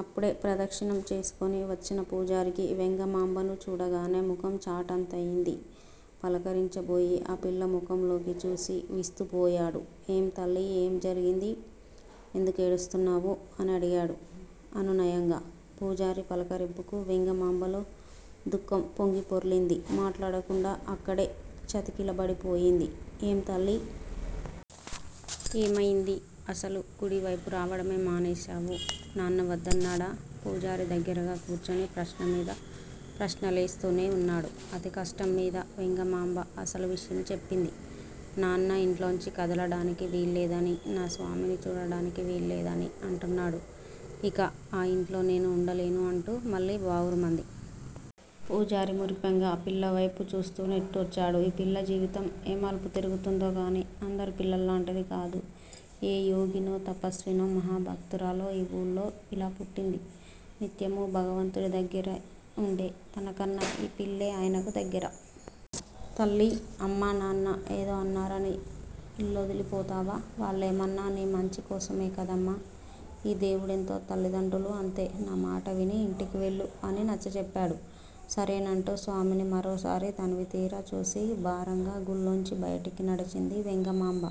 అప్పుడే ప్రదక్షిణం చేసుకుని వచ్చిన పూజారికి వెంగమాంబను చూడగానే ముఖం చాటంతయింది. పలకరించబోయి ఆపిల్ల ముఖంలోకి చూసి విస్తుపోయాడు. ఏం తల్లీ? ఏం జరిగింది? ఎందుకేడుస్తున్నావు? అని అడిగాడు అనునయంగా. పూజారి పలకరింపుకు వెంగమాంబలో దుఃఖం పొంగి పొర్లింది. మాట్లాడకుండా అక్కడే చతికిలబడిపోయింది. ఏం తల్లీ! ఏమయింది? అసలు గుడివైపు రావడమే మానేశావు. నాన్న వద్దన్నాడా? పూజారి దగ్గరగా కూర్చుని ప్రశ్నమీద ప్రశ్నలేస్తూనే ఉన్నాడు. అతికష్టంమీద వెంగమాంబ అసలు విషయం చెప్పింది. నాన్న ఇంట్లోంచి కదలడానికి వీల్లేదని, నా స్వామిని చూడడానికి వీల్లేదని అంటున్నాడు. ఇక ఆ యింట్లో నేను ఉండలేను అంటూ మళ్ళీ బావురుమంది. పూజారి మురిపెంగా ఆ పిల్లవైపు చూస్తూ నిట్టూర్చాడు. ఈ పిల్ల జీవితం ఏ మలుపు తిరుగుతుందో కానీ, అందరు పిల్లల్లాంటిది కాదు. ఏ యోగినో, తపస్వినో, మహాభక్తురాలో ఈ ఊళ్లో ఇలా పుట్టింది. నిత్యమూ భగవంతుడి దగ్గరే ఉండే తనకన్నా ఈ పిల్లే ఆయనకు దగ్గర. తల్లీ! అమ్మా నాన్న ఏదో అన్నారని ఇల్లొదిలిపోతావా? వాళ్ళేమన్నా నీ మంచి కోసమే కదమ్మా. ఈ దేవుడెంతో తల్లిదండ్రులూ అంతే. నా మాట విని ఇంటికి వెళ్ళు అని నచ్చజెప్పాడు. సరేనంటూ స్వామిని మరోసారి తనివితీరా చూసి భారంగా గుళ్ళోంచి బయటికి నడిచింది వెంగమాంబ.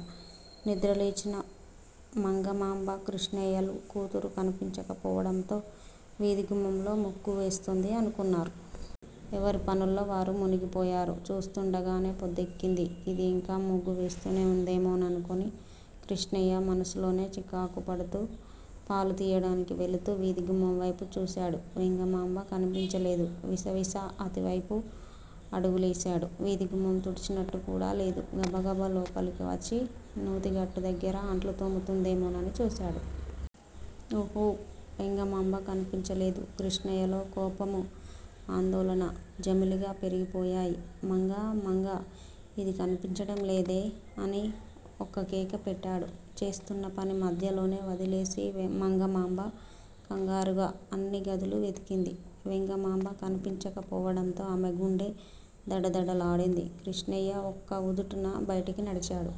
నిద్రలేచిన మంగమాంబ, కృష్ణయ్యలు కూతురు కనిపించకపోవడంతో వీథిగుమ్మంలో ముగ్గు వేస్తోంది అనుకున్నారు. ఎవరి పనుల్లో వారు మునిగిపోయారు. చూస్తూండగానే పొద్దెక్కింది. ఇది ఇంకా ముగ్గు వేస్తూనే ఉందేమోననుకుని కృష్ణయ్య మనసులోనే చికాకుపడుతూ పాలు తీయడానికి వెళుతూ వీథిగుమ్మంవైపు చూశాడు. వెంగమాంబ కనిపించలేదు. విసవిసా అతివైపు అడుగులేశాడు. వీథిగుమ్మం తుడిచినట్టు కూడా లేదు. గబగబ లోపలికి వచ్చి, నూతిగట్టు దగ్గర అంట్లు తోముతుందేమోనని చూశాడు. ఉహూఁ వెంగమాంబ కనిపించలేదు. కృష్ణయ్యలో కోపమూ, ఆందోళన జమిలిగా పెరిగిపోయాయి. మంగా మంగా ఇది కనిపించడం లేదే అని ఒక్కకేకపెట్టాడు. చేస్తున్న పని మధ్యలోనే వదిలేసి మంగమాంబ కంగారుగా అన్ని గదులూ వెతికింది. వెంగమాంబ కనిపించకపోవడంతో ఆమె గుండె దడదడలాడింది. కృష్ణయ్య ఒక్క ఉదుటున బయటికి నడిచాడు.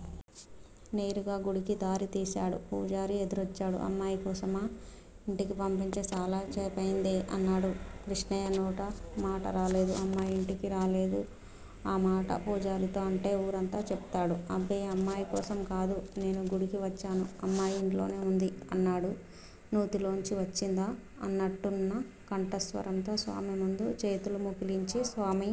నేరుగా గుడికి దారి తీశాడు. పూజారి ఎదురొచ్చాడు. అమ్మాయి కోసమా? ఇంటికి పంపించి చాలా సేపయిందే అన్నాడు. కృష్ణయ్య నోటమాట రాలేదు. అమ్మాయి ఇంటికి రాలేదు ఆమాట పూజారితో అంటే ఊరంతా చెప్తాడు. అబ్బే అమ్మాయికోసం కాదు. నేను గుడికి వచ్చాను. అమ్మాయి ఇంట్లోనే ఉంది అన్నాడు నూతిలోంచి వచ్చిందా అన్నట్టున్న కంఠస్వరంతో స్వామిముందు చేతులు ముకుళించి స్వామీ!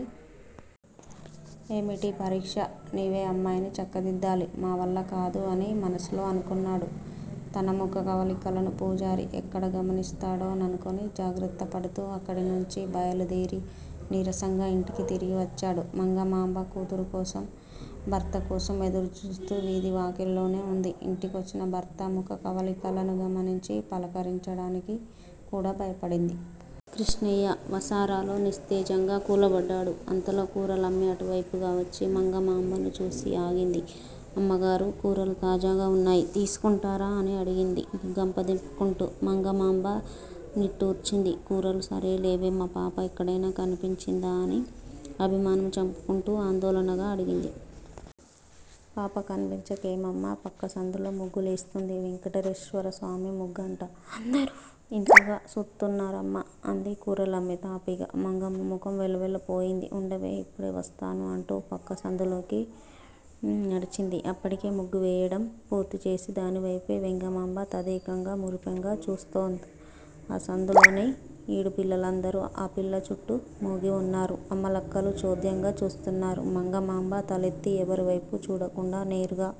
ఏమిటీ పరీక్ష! నీవే అమ్మాయిని చక్కదిద్డాలి. మావల్ల కాదు అని మనసులో అనుకున్నాడు. తన ముఖ కవళికలను పూజారి ఎక్కడ గమనిస్తాడో ననుకుని జాగ్రత్తపడుతూ అక్కడినుంచి బయలుదేరి నీరసంగా ఇంటికి తిరిగి వచ్చాడు. మంగమాంబ కూతురు కోసం, భర్త కోసం ఎదురుచూస్తూ వీథివాకిలిలోనే ఉంది. ఇంటికొచ్చిన భర్త ముఖకవళికలను గమనించి, పలకరించడానికి కూడా భయపడింది. కృష్ణయ్య వసారాలో నిస్తేజంగా కూలబడ్డాడు. అంతలో కూరలమ్మి అటువైపుగా వచ్చి, మంగమాంబను చూసి ఆగింది. అమ్మగారూ, కూరలు తాజాగా వున్నాయి. తీసుకుంటారా? అని అడిగింది గంప దింపుకుంటూ. మంగమాంబ నిట్టూర్చింది. 'కూరలు సరేలేవే. మాపాప ఎక్కడైనా కనిపించిందా? ' అని అభిమానం చంపుకుంటూ, ఆందోళనగా అడిగింది. పాప కనిపించకేమమ్మా! పక్క సందులో ముగ్గులేస్తోంది. వెంటేశ్వర స్వామి ముగ్గంట. అందరూ ఇంతగా సూత్తున్నారమ్మా! అంది కూరలమ్మి తాపీగా. మంగమ్మ ముఖం వెలవెలపోయింది. ఉండవే, ఇప్పుడే వస్తాను అంటూ పక్క సందులోకి నడిచింది. అప్పటికే ముగ్గువేయడం పూర్తీచేసి దానివైపే వెంగమాంబ తదేకంగా, మురిపెంగా చూస్తోంద్. ఆ సందులోని ఈడు పిల్లందరూ ఆ పిల్ల చుట్టూ మూగి ఉన్నారు. అమ్మలక్కలు చోద్యంగా చూస్తున్నారు. మంగమాంబ తలెత్తి ఎవరివైపూ చూడకుండా, నేరుగా